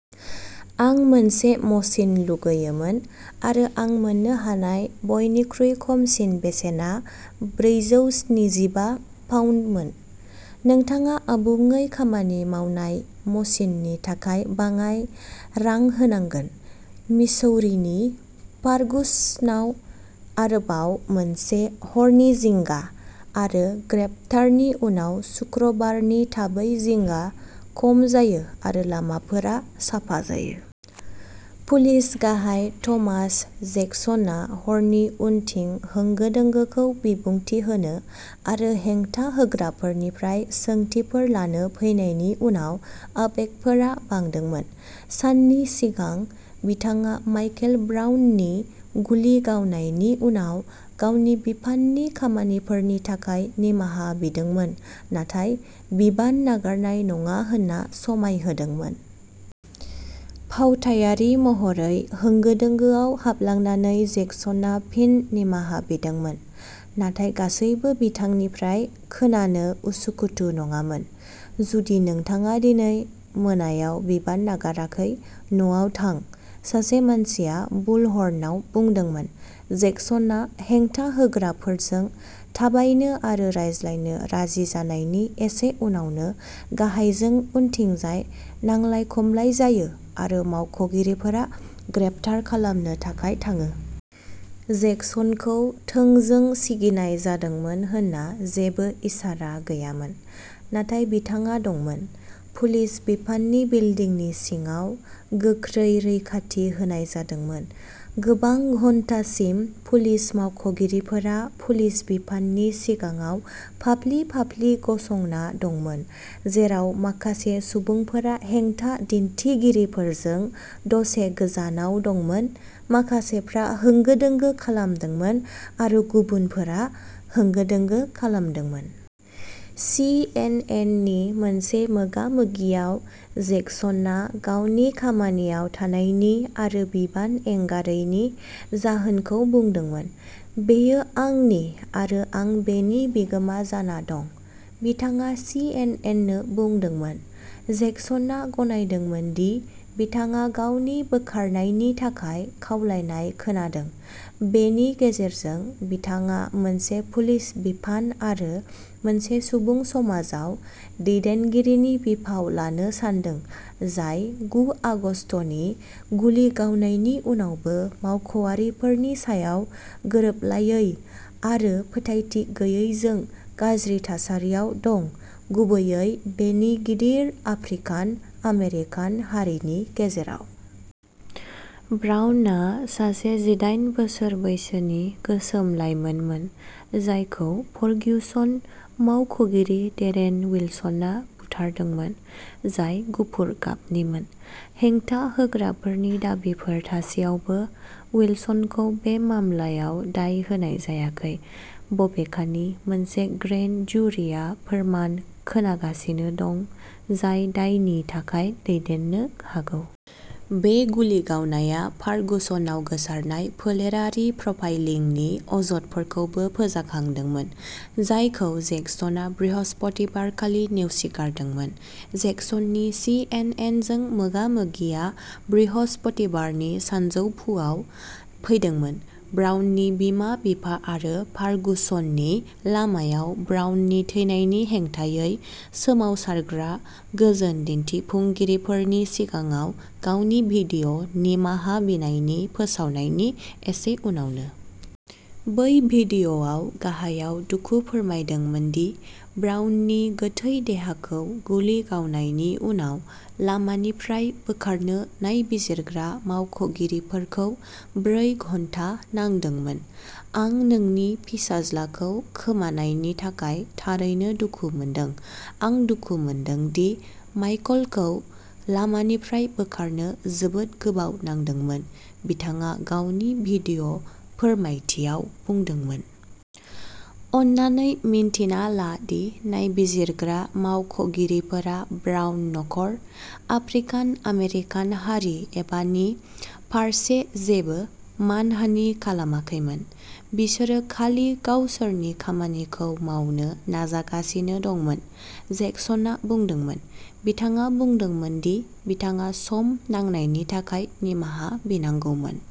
आं मोनसे मसिन लुगैयोमोन, आरो आं मोन्नो हानाय बयनिख्रुइ खमसिन बेसेना ब्रैजौस्निजिबा पाउन्दमोन। नोंथाङा आबुङै खामानि मावनाय मसिननि थाखाय बाङाय रां होनांगोन। मिसौरीनि फार्गुसनाव आरोबाव मोनसे हरनि जिंगा आरो ग्रेप्तारनि उनाव शुक्रबारनि थाबै जिंगा खम जायो आरो लामाफोरा साफा जायो। पुलिस गाहाय थमास जेक्सनआ हरनि उनथिं होंगो-दोंगोखौ बिबुंथि होनो आरो हेंथा होग्राफोरनिफ्राय सोंथिफोर लानो फैनायनि उनाव आबेगफोरा बांदोंमोन। साननि सिगां, बिथाङा माइकेल ब्राउननि गुलि गावनायनि उनाव गावनि बिफाननि खामानिफोरनि थाखाय निमाहा बिदोंमोन नाथाय बिबान नागारनाय नङा होनना समाय होदोंमोन। फावथायारि महरै होंगो-दोंगोआव हाबलांनानै, जेक्सनआ फिन निमाहा बिदोंमोन। नाथाय गासैबो बिथांनिफ्राय खोनानो उसु-खुथु नङामोन। "जुदि नोंथाङा दिनै मोनायाव बिबान नागाराखै, न'आव थां", सासे मानसिया बुलहर्नआव बुंदोंमोन। जेक्सनआ हेंथा होग्राफोरजों थाबायनो आरो रायज्लायनो राजि जानायनि एसे उनावनो गाहायजों उनथिंजाय नांलाय-खमलाय जायो, आरो मावख'गिरिफोरा ग्रेप्तार खालामनो थाखाय थाङो। जेक्सनखौ थोंजों सिगिनाय जादोंमोन होनना जेबो इसारा गैयामोन, नाथाय बिथाङा दंमोन। पुलिस बिफाननि बिल्दिंनि सिङाव गोख्रै रैखाथि होनाय जादोंमोन। गोबां घन्टासिम, पुलिस मावख'गिरिफोरा पुलिस बिफाननि सिगाङाव फाफ्लि-फाफ्लि गसंना दंमोन, जेराव माखासे सुबुंफोरा हेंथा दिन्थिगिरिफोरजों दसे गोजानाव दंमोन-माखासेफ्रा होंगो-दोंगो खालामदोंमोन आरो गुबुनफोरा होंगो-दोंगो खालामदोंमोन। सीएनएननि मोनसे मोगा-मोगियाव, जेक्सनआ गावनि खामानियाव थानायनि आरो बिबान एंगारैनि जाहोनखौ बुंदोंमोन। "बेयो आंनि, आरो आं बेनि बिगोमा जाना दं", बिथाङा सीएनएननो बुंदोंमोन। जेक्सनआ गनायदोंमोन दि बिथाङा गावनि बोखारनायनि थाखाय खावलायनाय खोनादों।'बेनि "गेजेरजों, बिथाङा मोनसे पुलिस बिफान आरो मोनसे सुबुं समाजाव दैदेनगिरिनि बिफाव लानो सानदों, जाय गु आगस्तनि गुलि गावनायनि उनावबो मावख'आरिफोरनि सायाव गोरोबलायै आरो फोथायथि गैयैजों गाज्रि थासारियाव दं-गुबैयै बेनि गिदिर आफ्रिकान-आमेरिकान हारिनि गेजेराव-। ब्राउनआ सासे जिदाइन बोसोर बैसोनि गोसोम लाइमोनमोन, जायखौ फर्ग्युसन मावख'गिरि डेरेन विल्सनआ बुथारदोंमोन, जाय गुफुर गाबनिमोन। हेंथा होग्राफोरनि दाबिफोर थासेयावबो, विल्सनखौ बे मामलायाव दाय होनाय जायाखै, बबेखानि मोनसे ग्रेन्ड ज्युरीआ फोरमान खोनागासिनो दं जाय दायनि थाखाय दैदेननो हागौ। बे गुलि गावनाया फार्गुसनाव गोसारनाय फोलेरारि प्रफाइलिंनि अजदफोरखौबो फोजाखांदोंमोन, जायखौ जेक्सनआ बृहस्पतिबार खालि नेवसिगारदोंमोन। जेक्सननि सि एन एप जों मोगा-मोगिआ बृहस्पतिबारनि सानजौफुआव फैदोंमोन, ब्राउननि बिमा-बिफा आरो फार्गुस'ननि लामायाव ब्राउननि थैनायनि हेंथायै सोमावसारग्रा गोजोन दिन्थिफुंगिरिफोरनि सिगाङाव गावनि भिडिअ'निमाहा बिनायनि फोसावनायनि एसे उनावनो। बै भिडिअ'आव, गाहायआ दुखु फोरमायदोंमोन दि ब्राउननि गोथै देहाखौ गुलि गावनायनि उनाव लामानिफ्राय बोखारनो नायबिजिरग्रा मावख'गिरिफोरखौ ब्रै घन्टा नांदोंमोन। "आं नोंनि फिसाज्लाखौ खोमानायनि थाखाय थारैनो दुखु मोनदों। आं दुखु मोनदों दि माइकलखौ लामानिफ्राय बोखारनो जोबोद गोबाव नांदोंमोन", बिथाङा गावनि भिडिअ'फोरमायथियाव बुंदोंमोन। "अन्नानै मिन्थिना ला दि नायबिजिरग्रा मावख'गिरिफोरा ब्राउन नखर, आफ्रिकान-आमेरिकान हारि एबा नि फारसे जेबो मानहानि खालामाखैमोन। बिसोरो खालि गावसोरनि खामानिखौ मावनो नाजागासिनो दंमोन", जेक्सनआ बुंदोंमोन। बिथाङा बुंदोंमोन दि बिथाङा "सम नांनायनि थाखाय निमाहा बिनांगौमोन"।